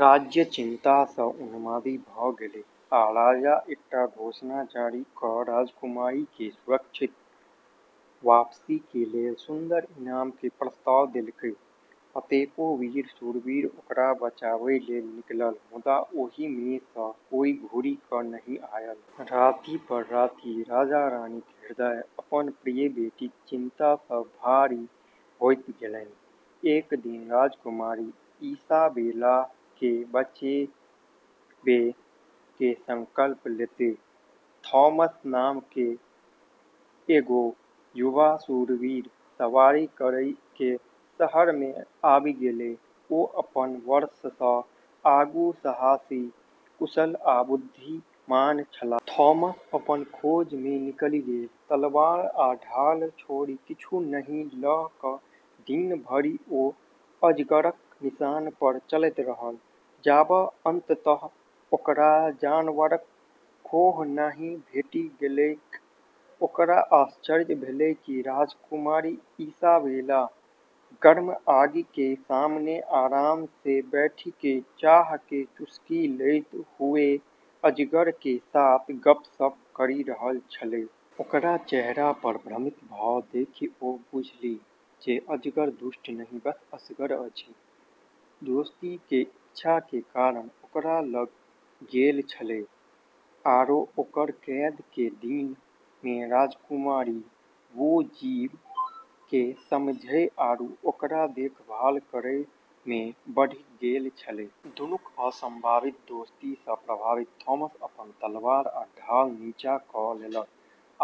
राज्य चिंता सॅं उन्मादी भ गेलै आ राजा एकटा घोषणा जारी क राजकुमारी के सुरक्षित वापसी के लेल सुन्दर इनाम के प्रस्ताव देलकै, कतेको वीर शूरवीर ओकरा बचाबय लेल निकलल मुदा ओहि मे सँ कियो घुरि क नहि आयल। राति पर राति राजा-रानीक हृदय अपन प्रिय बेटीक चिन्ता सँ भारी होइत गेलनि। एक दिन राजकुमारी इसाबेला के बचाबै के संकल्प लेते थॉमस नाम केरऽ एगो युवा शूरवीर सवारी करी के शहर मे आबी गेलै ओ अपन वर्षसँ आगू साहसी, कुशल आ बुद्धिमान छलाह। थॉमस अपन खोज मे निकलि गेल, तलवार आ ढाल छोड़ि किछु नहि ल क दिन भरि ओ अजगरक निशान पर चलैत रहल, जाबत अंततः ओकरा जानवरक खोह नहि भेटि गेलैक। ओकरा आश्चर्य भेलै कि राजकुमारी इसाबेला गर्म आगि के सामने आराम सें बैठी के चाह के चुस्की लेतें हुवें अजगर के साथ गपशप करी रहलोॅ छेलै। ओकर चेहरा पर भ्रमित भाव देखि ओ बुझेलीह जे अजगर दुष्ट नहि, बस असगर अछि। दोस्ती के इच्छा के कारण ओकरा ल गेलऽ छेलै आरो ओकरऽ कैद के दिनऽ में राजकुमारी वू जीव के समझै आरू ओकरऽ देखभाल करै में बढ़ी गेलऽ छेलै। दुनूक असंभावित दोस्ती सँ प्रभावित थॉमस अपन तलवार आ ढाल नीचाँ क लेलक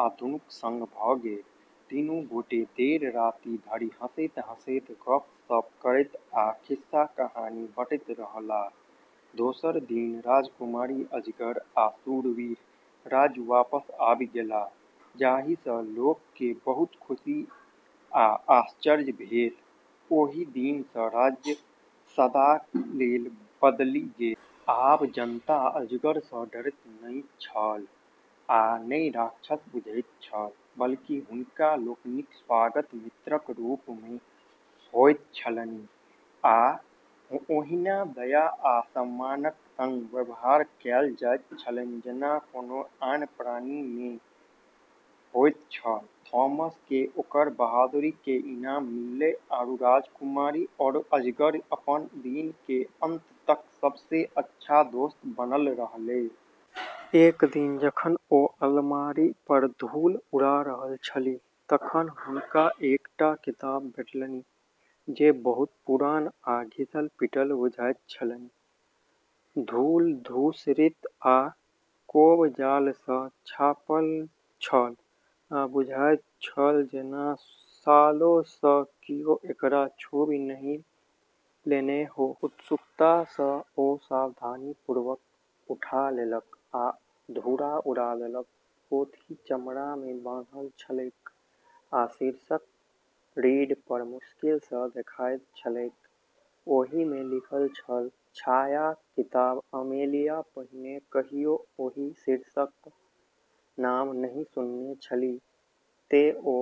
आ दुनूक संग भ गेल। तीनू गोटे देर राति धरि हँसैत-हँसैत, गप्प-सप्प करैत आ खिस्सा-कहानी बँटैत रहलाह। दोसर दिन राजकुमारी, अजगर आ शूरवीर राज्य वापस आबि गेलाह जाहि सं लोक के बहुत खुशी आ आश्चर्य भेल, ओहि दिन सँ राज्य सदाक लेल बदलि गेल। आब जनता अजगर स डरैत नहि छल आ ने राक्षस बुझैत छल। बल्कि हुनका लोकनिक स्वागत मित्रक रूप मे होइत छलनि आ ओहिना दया आ सम्मानक संग व्यवहार कयल जाइत छलनि जेना कोनो आन प्राणी मे होइत छल थॉमस के ओकरऽ बहादुरी के इनाम मिललै, आरू राजकुमारी आरू अजगर अपनऽ दिन के अंत तक सबसें अच्छा दोस्त बनलऽ रहलै। एक दिन जखन ओ अलमारी पर धूल उड़ा रहल छलीह तखन हुनका एकटा किताब भेटलनि जे बहुत पुरान आ घिसल-पिटल बुझाइत छलनि। धूल-धूसरित आ कोब-जालसँ झाँपल छल आ बुझाइत छल जेना सालोंसँ कियो एकरा छूबि नहि लेने हो। उत्सुकतासँ ओ सावधानीपूर्वक उठा लेलक आ धूरा उड़ा देलक। पोथी चमड़ा मे बान्हल छलैक, आ शीर्षक रीढ़ पर मुश्किल सँ देखाइत छलैक। ओहि मे लिखल छल, छायाक किताब अमेलिया पहिने कहियो ओहि शीर्षकक नाम नहि सुनने छलीह, तें ओ